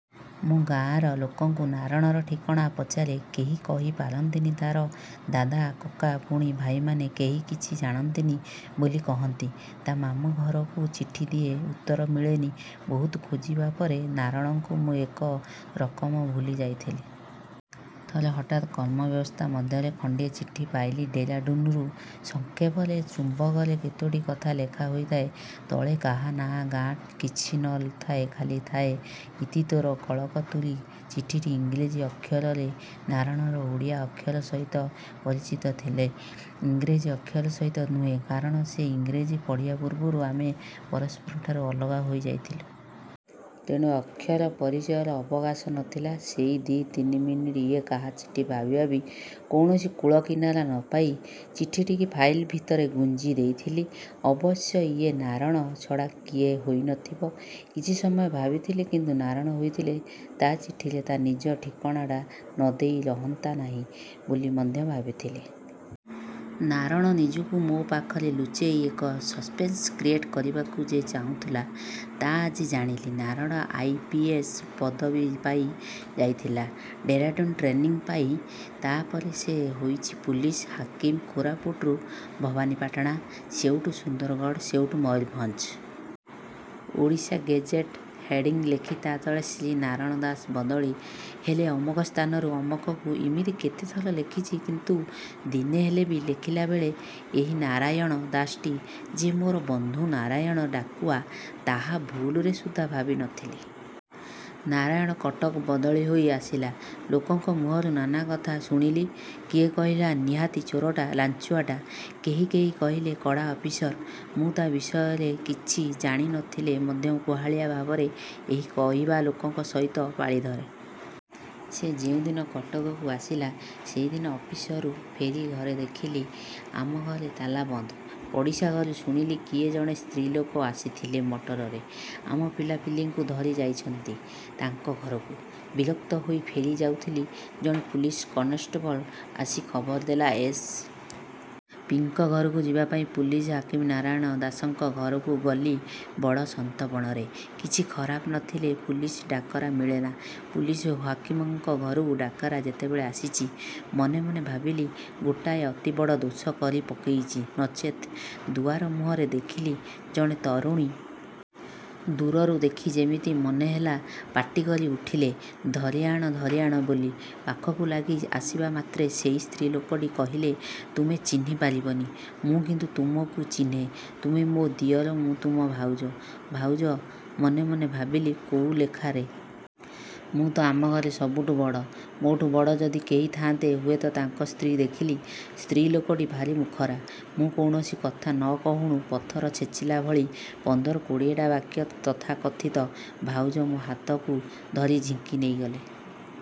ମୁଁ ଗାଁର ଲୋକଙ୍କୁ ନାରଣର ଠିକଣା ପଚାରେ, କେହି କହି ପାରନ୍ତିନି ତାର ଦାଦା କକା ପୁଣି ଭାଇମାନେ କେହି କିଛି ଜାଣନ୍ତିନି ବୋଲି କହନ୍ତି। ତା ମାମୁଁ ଘରକୁ ଚିଠି ଦିଏ ଉତ୍ତର ମିଳେନି। ବହୁତ ଖୋଜିବାପରେ ନାରଣକୁ ମୁଁ ଏକ ରକମ ଭୁଲି ଯାଇଥିଲି। ଥରେ ହଠାତ୍ କର୍ମବ୍ୟସ୍ତତା ମଧ୍ୟରେ ଖଣ୍ଡିଏ ଚିଠି ପାଇଲି ଡେରାଡୁନ୍ରୁ। ସଂକ୍ଷେପରେ ଚୁମ୍ବକରେ କେତୋଟି କଥା ଲେଖା ହୋଇଥାଏ, ତଳେ କାହା ନାଁ ଗାଁ କିଛି ନ ଥାଏ ଖାଲି ଥାଏ, ଇତି ତୋର କଳକତୁରୀ। ଚିଠିଟି ଇଂରେଜୀ ଅକ୍ଷରରେ। ନାରଣର ଓଡ଼ିଆ ଅକ୍ଷର ସହିତ ପରିଚିତ ଥିଲି, ଇଂରେଜୀ ଅକ୍ଷର ସହିତ ନୁହେଁ, କାରଣ ସେ ଇଂରେଜୀ ପଢ଼ିବା ପୂର୍ବରୁ ଆମେ ପରସ୍ପରଠାରୁ ଅଲଗା ହୋଇ ଯାଇଥିଲୁ। ତେଣୁ ଅକ୍ଷର ପରିଚୟର ଅବକାଶ ନ ଥିଲା। ସେଇ ଦି ତିନିମିନିଟ ଇଏ କାହାଚିଠି ଭାବି ଭାବି କୌଣସି କୂଳ କିନାରା ନ ପାଇ ଚିଠିଟିକି ଫାଇଲ ଭିତରେ ଗୁଞ୍ଜି ଦେଇଥିଲି। ଅବଶ୍ୟ ଇଏ ନାରଣ ଛଡ଼ା କିଏ ହୋଇନଥିବ। କିଛି ସମୟ ଭାବିଥିଲି କିନ୍ତୁ ନାରଣ ହୋଇଥିଲେ ତା ଚିଠିରେ ତା ନିଜ ଠିକଣାଟା ନଦେଇ ରହନ୍ତା ନାହିଁ ବୋଲି ମଧ୍ୟ ଭାବିଥିଲି। ନାରଣ ନିଜକୁ ମୋ ପାଖରେ ଲୁଚେଇ ଏକ ସସପେନ୍ସ କ୍ରିଏଟ୍ କରିବାକୁ ଯେ ଚାହୁଁଥିଲା, ତା ଆଜି ଜାଣିଲି। ନାରଣ ଆଇ. ପି. ଏସ୍ ପଦବୀ ପାଇ ଯାଇଥିଲା, ଡେରାଡୁନ୍ ଟ୍ରେନିଂ ପାଇଁ। ତା ପରେ ସେ ହୋଇଚି ପୁଲିସ ହାକିମ, କୋରାପୁଟରୁ, ଭବାନିପାଟଣା ସେଇଠୁ ସୁନ୍ଦରଗଡ଼ ସେଇଠୁ ମୟୁରଭଞ୍ଜ। ଓଡ଼ିଶା ଗେଜେଟ ହେଡ଼ିଂ ଲେଖି ତା ତଳେ ଶ୍ରୀ ନାରଣ ଦାସ ବଦଳି, ହେଲେ ଅମକ ସ୍ଥାନରୁ ଅମକକୁ ଇମିତି କେତେଥର ଲେଖିଚି କିନ୍ତୁ ଦିନେହେଲେ ବି ଲେଖିଲାବେଳେ, ଏଇ ନାରାୟଣ ଦାସଟି ଯେ ମୋର ବନ୍ଧୁ ନାରାୟଣ ଡାକୁଆ, ତାହା ଭୁଲରେ ସୁଦ୍ଧା ଭାବି ନ ଥିଲି। ନାରାୟଣ କଟକ ବଦଳି ହୋଇ ଆସିଲା, ଲୋକଙ୍କ ମୁହଁରୁ ନାନା କଥା ଶୁଣିଲି। କିଏ କହିଲା ନିହାତି ଚୋରଟା, ଲାଂଚୁଆଟା। କେହି କେହି କହିଲେ କଡ଼ା ଅଫିସର। ମୁଁ ତା ବିଷୟରେ କିଛି ଜାଣି ନ ଥିଲେ ମଧ୍ୟ କୁହାଳିଆ ଭାବରେ ଏହି କହିବାଲୋକଙ୍କ ସହିତ ପାଳିଧରେ। ସେ ଯେଉଁଦିନ କଟକକୁ ଆସିଲା ସେଇଦିନ ଅଫିସରୁ ଫେରି ଘରେ ଦେଖିଲି, ଆମ ଘରେ ତାଲାବନ୍ଦ। ପଡ଼ିଶାଘରୁ ଶୁଣିଲି, କିଏ ଜଣେ ସ୍ତ୍ରୀ ଲୋକ ଆସିଥିଲେ ମଟରରେ, ଆମ ପିଲାପିଲିଙ୍କୁ ଧରି ଯାଇଛନ୍ତି, ତାଙ୍କ ଘରକୁ। ବିରକ୍ତ ହୋଇ ଫେରିଯାଉଥିଲି, ଜଣେ ପୁଲିସ କନଷ୍ଟେବଲ୍ ଆସି ଖବର ଦେଲା ଏସ୍। ପିଙ୍କ ଘରକୁ ଯିବାପାଇଁ। ପୁଲିସ ହାକିମ ନାରାୟଣ ଦାସଙ୍କ ଘରକୁ ଗଲି ବଡ଼ ସନ୍ତର୍ପଣରେ। କିଛି ଖରାପ ନଥିଲେ ପୁଲିସ ଡାକରା ମିଳେନା। ପୁଲିସ ହାକିମଙ୍କ ଘରୁ ଡାକରା ଯେତେବେଳେ ଆସିଚି, ମନେ ମନେ ଭାବିଲି, ଗୋଟାଏ ଅତି ବଡ଼ ଦୋଷ କରି ପକେଇଚି ନଚେତ୍ ଦୁଆର ମୁହଁରେ ଦେଖିଲି ଜଣେ ତରୁଣୀ। ଦୂରରୁ ଦେଖି ଯେମିତି ମନେହେଲା, ପାଟିକରି ଉଠିଲେ, ଧରିଆଣ ଧରିଆଣ ବୋଲି। ପାଖକୁ ଲାଗି ଆସିବାମାତ୍ରେ ସେଇ ସ୍ତ୍ରୀ ଲୋକଟି କହିଲେ, ତୁମେ ଚିହ୍ନି ପାରିବନି, ମୁଁ କିନ୍ତୁ ତୁମକୁ ଚିହ୍ନେ, ତୁମେ ମୋର ଦିଅର ମୁଁ ତୁମ ଭାଉଜ। ଭାଉଜ ମନେ ମନେ ଭାବିଲି, କୋଉ ଲେଖାରେ? ମୁଁ ତ ଆମ ଘରେ ସବୁଠୁ ବଡ଼। ମୋଠୁ ବଡ଼ ଯଦି କେହି ଥାଆନ୍ତେ, ହୁଏତ ତାଙ୍କ ସ୍ତ୍ରୀ ଦେଖିଲି ସ୍ତ୍ରୀ ଲୋକଟି ଭାରି ମୁଖରା। ମୁଁ କୌଣସି କଥା ନ କହୁଣୁ ପଥର ଛେଚିଲାଭଳି ପନ୍ଦର କୋଡ଼ିଏଟା ବାକ୍ୟ ତଥାକଥିତ ଭାଉଜ ମୋ ହାତକୁ ଧରି ଝିଙ୍କି ନେଇଗଲି।